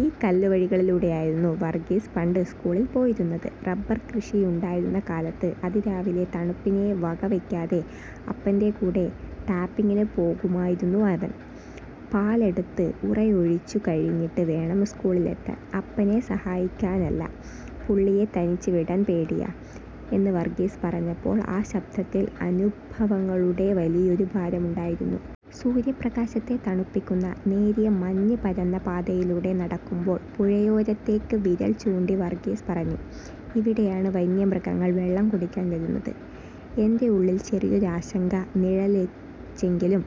ഈ കല്ലുവഴികളിലൂടെയായിരുന്നു വർഗീസ് പണ്ട് സ്കൂളിൽ പോയിരുന്നത്. റബ്ബർ കൃഷിയുണ്ടായിരുന്ന കാലത്ത്, അതിരാവിലെ തണുപ്പിനെ വകവെക്കാതെ അപ്പന്റെ കൂടെ ടാപ്പിംഗിന് പോകുമായിരുന്നു അവൻ. പാലെടുത്ത് ഉറയൊഴിച്ചു കഴിഞ്ഞിട്ട് വേണം സ്കൂളിലെത്താൻ. "അപ്പനെ സഹായിക്കാനല്ല, പുള്ളിയെ തനിച്ച് വിടാൻ പേടിയാ... " എന്ന് വർഗീസ് പറഞ്ഞപ്പോൾ ആ ശബ്ദത്തിൽ അനുഭവങ്ങളുടെ വലിയൊരു ഭാരമുണ്ടായിരുന്നു. സൂര്യപ്രകാശത്തെ തണുപ്പിക്കുന്ന നേരിയ മഞ്ഞ് പരന്ന പാതയിലൂടെ നടക്കുമ്പോൾ പുഴയോരത്തേക്ക് വിരൽചൂണ്ടി വർഗീസ് പറഞ്ഞു: "ഇവിടെയാണ് വന്യമൃഗങ്ങൾ വെള്ളം കുടിക്കാൻ വരുന്നത്. "। എന്റെ ഉള്ളിൽ ചെറിയൊരു ആശങ്ക നിഴലിച്ചെങ്കിലും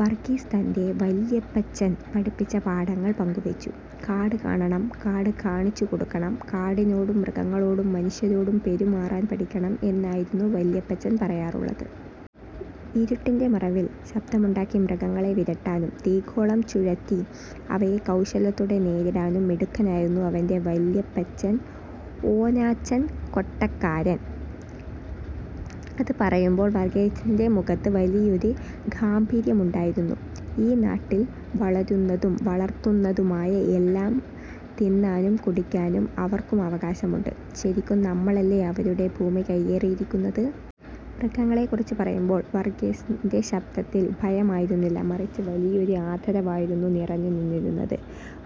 വർഗീസ് തന്റെ വല്യപ്പച്ചൻ പഠിപ്പിച്ച പാഠങ്ങൾ പങ്കുവെച്ചു. "കാട് കാണണം, കാട് കാണിച്ചുകൊടുക്കണം. കാടിനോടും മൃഗങ്ങളോടും മനുഷ്യരോടും പെരുമാറാൻ പഠിക്കണം എന്നായിരുന്നു വല്യപ്പച്ചൻ പറയാറുള്ളത്. " ഇരുട്ടിന്റെ മറവിൽ ശബ്ദമുണ്ടാക്കി മൃഗങ്ങളെ വിരട്ടാനും തീഗോളം ചുഴറ്റി അവയെ കൗശലത്തോടെ നേരിടാനും മിടുക്കനായിരുന്നു അവന്റെ വല്യപ്പച്ചൻ ഓനാച്ചൻ കൊട്ടക്കാരൻ. അത് പറയുമ്പോൾ വർഗീസിന്റെ മുഖത്ത് വലിയൊരു ഗാംഭീര്യമുണ്ടായിരുന്നു. "ഈ നാട്ടിൽ വളരുന്നതും വളർത്തുന്നതുമായ എല്ലാം തിന്നാനും കുടിക്കാനും അവർക്കും അവകാശമുണ്ട്. ശരിക്കും നമ്മളല്ലേ അവരുടെ ഭൂമി കയ്യേറി ഇരിക്കുന്നത്? " മൃഗങ്ങളെക്കുറിച്ച് പറയുമ്പോൾ വർഗീസിന്റെ ശബ്ദത്തിൽ ഭയമായിരുന്നില്ല, മറിച്ച് വലിയൊരു ആദരവായിരുന്നു നിറഞ്ഞുനിന്നിരുന്നത്.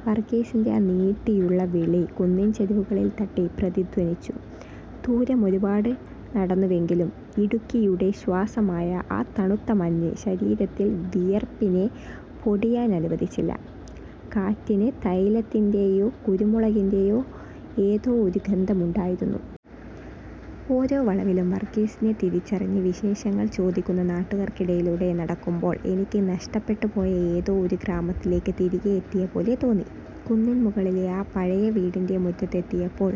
വർഗീസിന്റെ ആ നീട്ടിയുള്ള വിളി കുന്നിൻചെരുവുകളിൽ തട്ടി പ്രതിധ്വനിച്ചു. ദൂരം ഒരുപാട് നടന്നുവെങ്കിലും, ഇടുക്കിയുടെ ശ്വാസമായ ആ തണുത്ത മഞ്ഞ് ശരീരത്തിൽ വിയർപ്പിനെ പൊടിയാൻ അനുവദിച്ചില്ല. കാറ്റിന് തൈലത്തിന്റെയോ കുരുമുളകിന്റെയോ ഏതോ ഒരു ഗന്ധമുണ്ടായിരുന്നു. ഓരോ വളവിലും വർഗീസിനെ തിരിച്ചറിഞ്ഞ് വിശേഷങ്ങൾ ചോദിക്കുന്ന നാട്ടുകാർക്കിടയിലൂടെ നടക്കുമ്പോൾ, എനിക്ക് നഷ്ടപ്പെട്ടുപോയ ഏതോ ഒരു ഗ്രാമത്തിലേക്ക് തിരികെ എത്തിയതുപോലെ തോന്നി. കുന്നിൻ മുകളിലെ ആ പഴയ വീടിന്റെ മുറ്റത്തെത്തിയപ്പോൾ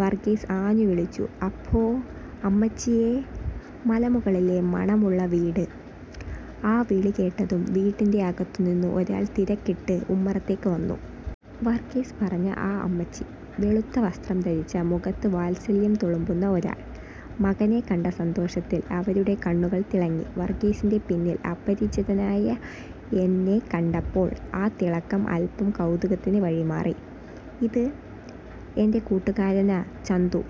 വർഗീസ് ആഞ്ഞുവിളിച്ചു: "അപ്പോ.... അമ്മച്ചിയേ....! " മലമുകളിലെ മണമുള്ള വീട് ആ വിളി കേട്ടതും വീടിന്റെ അകത്തുനിന്ന് ഒരാൾ തിരക്കിട്ട് ഉമ്മറത്തേക്ക് വന്നു. വർഗീസ് പറഞ്ഞ ആ അമ്മച്ചി! വെളുത്ത വസ്ത്രം ധരിച്ച, മുഖത്ത് വാത്സല്യം തുളുമ്പുന്ന ഒരാൾ. മകനെ കണ്ട സന്തോഷത്തിൽ അവരുടെ കണ്ണുകൾ തിളങ്ങി. വർഗീസിന്റെ പിന്നിൽ അപരിചിതനായ എന്നെ കണ്ടപ്പോൾ ആ തിളക്കം അല്പം കൗതുകത്തിന് വഴിമാറി. "ഇത് എന്റെ കൂട്ടുകാരനാ ചന്തു.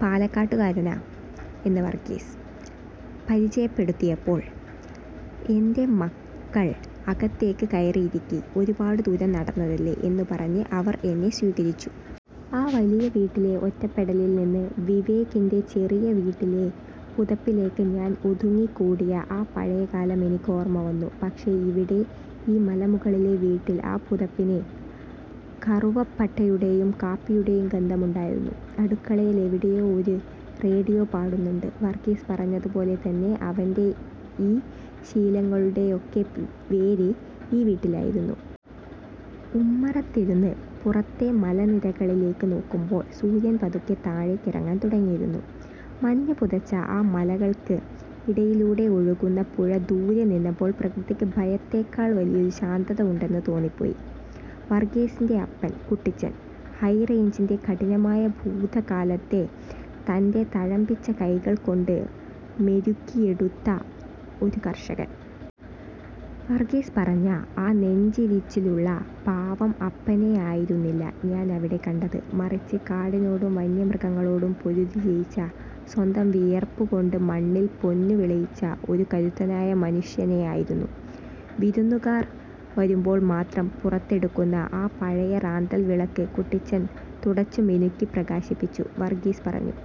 പാലക്കാട്ടുകാരനാ... " എന്ന് വർഗീസ് പരിചയപ്പെടുത്തിയപ്പോൾ, "എന്റെ മക്കൾ അകത്തേക്ക് കയറി ഇരിക്ക്, ഒരുപാട് ദൂരം നടന്നതല്ലേ " എന്നുപറഞ്ഞ് അവർ എന്നെ സ്വീകരിച്ചു. ആ വലിയ വീട്ടിലെ ഒറ്റപ്പെടലിൽ നിന്ന് വിവേകിന്റെ ചെറിയ വീട്ടിലെ പുതപ്പിലേക്ക് ഞാൻ ഒതുങ്ങിക്കൂടിയ ആ പഴയ കാലം എനിക്ക് ഓർമ്മ വന്നു. പക്ഷേ ഇവിടെ, ഈ മലമുകളിലെ വീട്ടിൽ, ആ പുതപ്പിന് കറുവപ്പട്ടയുടെയും കാപ്പിയുടെയും ഗന്ധമുണ്ടായിരുന്നു. അടുക്കളയിൽ എവിടെയോ ഒരു റേഡിയോ പാടുന്നുണ്ട്. വർഗീസ് പറഞ്ഞതുപോലെ തന്നെ, അവന്റെ ഈ ശീലങ്ങളുടെയൊക്കെ വേര് ഈ വീട്ടിലായിരുന്നു. ഉമ്മറത്തിരുന്ന് പുറത്തെ മലനിരകളിലേക്ക് നോക്കുമ്പോൾ, സൂര്യൻ പതുക്കെ താഴേക്ക് ഇറങ്ങാൻ തുടങ്ങിയിരുന്നു. മഞ്ഞ് പുതച്ച ആ മലകൾക്ക് ഇടയിലൂടെ ഒഴുകുന്ന പുഴ ദൂരെ നിന്നപ്പോൾ പ്രകൃതിക്ക് ഭയത്തേക്കാൾ വലിയൊരു ശാന്തത ഉണ്ടെന്ന് തോന്നിപ്പോയി. വർഗീസിന്റെ അപ്പൻ, കുട്ടിച്ചൻ. ഹൈറേഞ്ചിന്റെ കഠിനമായ ഭൂതകാലത്തെ തന്റെ തഴമ്പിച്ച കൈകൾ കൊണ്ട് മെരുക്കിയെടുത്ത ഒരു കർഷകൻ. വർഗീസ് പറഞ്ഞ ആ 'നെഞ്ചിരിച്ചിലുള്ള' പാവം അപ്പനെയായിരുന്നില്ല ഞാൻ അവിടെ കണ്ടത്. മറിച്ച്, കാടിനോടും വന്യമൃഗങ്ങളോടും പൊരുതി ജയിച്ച, സ്വന്തം വിയർപ്പുകൊണ്ട് മണ്ണിൽ പൊന്നുവിളയിച്ച ഒരു കരുത്തനായ മനുഷ്യനെയായിരുന്നു. വിരുന്നുകാർ വരുമ്പോൾ മാത്രം പുറത്തെടുക്കുന്ന ആ പഴയ റാന്തൽ വിളക്ക് കുട്ടിച്ചൻ തുടച്ചു മിനുക്കി പ്രകാശിപ്പിച്ചു. വർഗീസ് പറഞ്ഞു